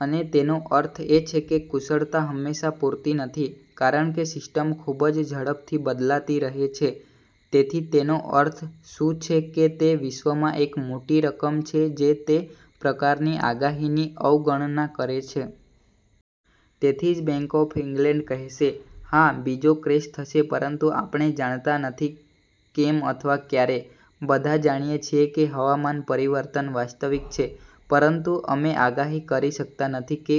અને તેનો અર્થ એ છે કે કુશળતા હંમેશાં પૂરતી નથી કારણ કે સિસ્ટમ ખૂબ જ ઝડપથી બદલાતી રહે છે. તેથી તેનો અર્થ શું છે કે તે વિશ્વમાં એક મોટી રકમ છે જે તે પ્રકારની આગાહીની અવગણના કરે છે. તેથી જ બેંક ઓફ ઇંગ્લેંડ કહેશે, "હા, બીજો ક્રેશ થશે પરંતુ આપણે જાણતા નથી કેમ અથવા ક્યારે." બધા જાણીએ છીએ કે હવામાન પરિવર્તન વાસ્તવિક છે પરંતુ અમે આગાહી કરી શકતા નથી કે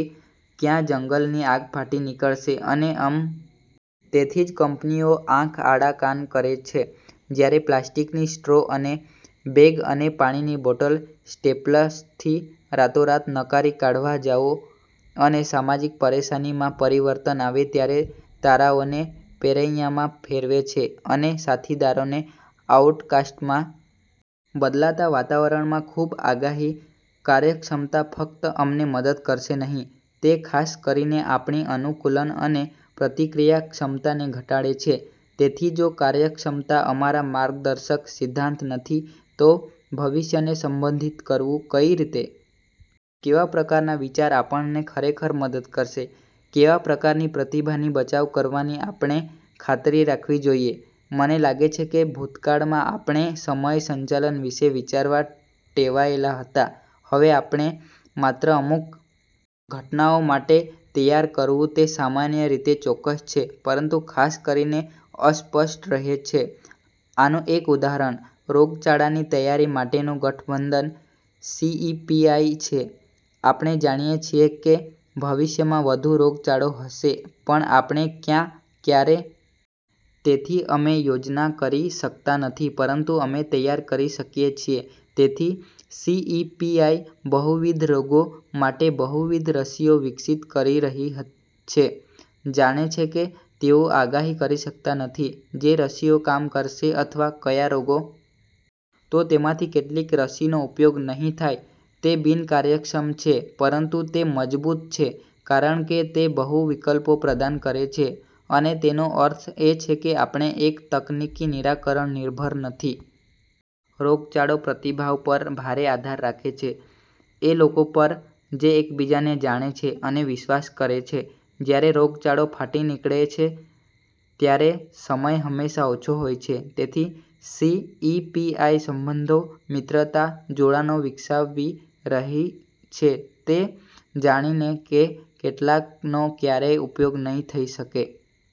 ક્યાં જંગલની આગ ફાટી નીકળશે અને અમને ખબર નથી કે કઈ ફેકટરીઓ પૂર તરફ જઈ રહી છે. તેથી જ કંપનીઓ આંખ આડા કાન કરે છે જ્યારે પ્લાસ્ટિકની સ્ટ્રો અને બેગ અને પાણીની બૉટલ સ્ટેપલ્સથી રાતોરાત નકારી કાઢવા જાઓ અને સામાજિક પરેશાનીમાં પરિવર્તન આવે ત્યારે તારાઓને પેરૈયામાં ફેરવે છે અને સાથીદારોને આઉટકાસ્ટમાં. બદલાતા વાતાવરણમાં ખૂબ આગાહી, કાર્યક્ષમતા ફક્ત અમને મદદ કરશે નહીં, તે ખાસ કરીને આપણી અનુકૂલન અને પ્રતિક્રિયા ક્ષમતાને ઘટાડે છે. તેથી જો કાર્યક્ષમતા અમારા માર્ગદર્શક સિદ્ધાંત નથી તો ભવિષ્યને સંબોધિત કરવું કઈ રીતે? કેવાં પ્રકારના વિચાર આપણને ખરેખર મદદ કરશે? કેવા પ્રકારની પ્રતિભાની બચાવ કરવાની આપણે ખાતરી રાખવી જોઈએ? મને લાગે છે કે ભૂતકાળમાં આપણે સમય સંચાલન વિશે વિચારવાં ટેવાયેલા હતા. હવે આપણે માત્ર અમુક કિસ્સામાં જ વિચારવાનું શરૂ કરવું પડશે. ઘટનાઓ માટે તૈયાર કરવું તે સામાન્ય રીતે ચોક્કસ છે પરંતુ ખાસ કરીને અસ્પષ્ટ રહે છે. આનું એક ઉદાહરણ, રોગચાળાની તૈયારી માટેનું ગઠબંધન સી.ઈ.પી.આઈ છે. આપણે જાણીએ છીએ કે ભવિષ્યમાં વધુ રોગચાળો હશે પણ આપણે ક્યાં, ક્યારે અથવા શું જાણતા નથી. તેથી અમે યોજના કરી શકતા નથી પરંતુ અમે તૈયાર કરી શકીએ છીએ. તેથી સી.ઈ.પી.આઈ બહુવિધ રોગો માટે બહુવિધ રસીઓ વિકસિત કરી રહી છે. જાણે છે કે તેઓ આગાહી કરી શકતા નથી જે રસીઓ કામ કરશે અથવા કયા રોગો ફાટી નીકળશે. તો તેમાંથી કેટલીક રસીનો ઉપયોગ નહીં થાય. તે બિનકાર્યક્ષમ છે પરંતુ તે મજબૂત છે કારણ કે તે વધુ વિકલ્પો પ્રદાન કરે છે અને તેનો અર્થ એ છે કે આપણે એક તકનીકી નિરાકરણ નિર્ભર નથી. રોગચાળો પ્રતિભાવ પર ભારે આધાર રાખે છે એ લોકો પર જે એકબીજાને જાણે છે અને વિશ્વાસ કરે છે. જ્યારે રોગચાળો ફાટી નીકળે છે ત્યારે સમય હંમેશા ઓછો હોય છે. તેથી સી.ઈ.પી.આઈ સંબંધો, મિત્રતા, જોડાણો વિકસાવી રહી છે તે જાણીને કે કેટલાકનો ક્યારેય ઉપયોગ નઈ થઈ શકે.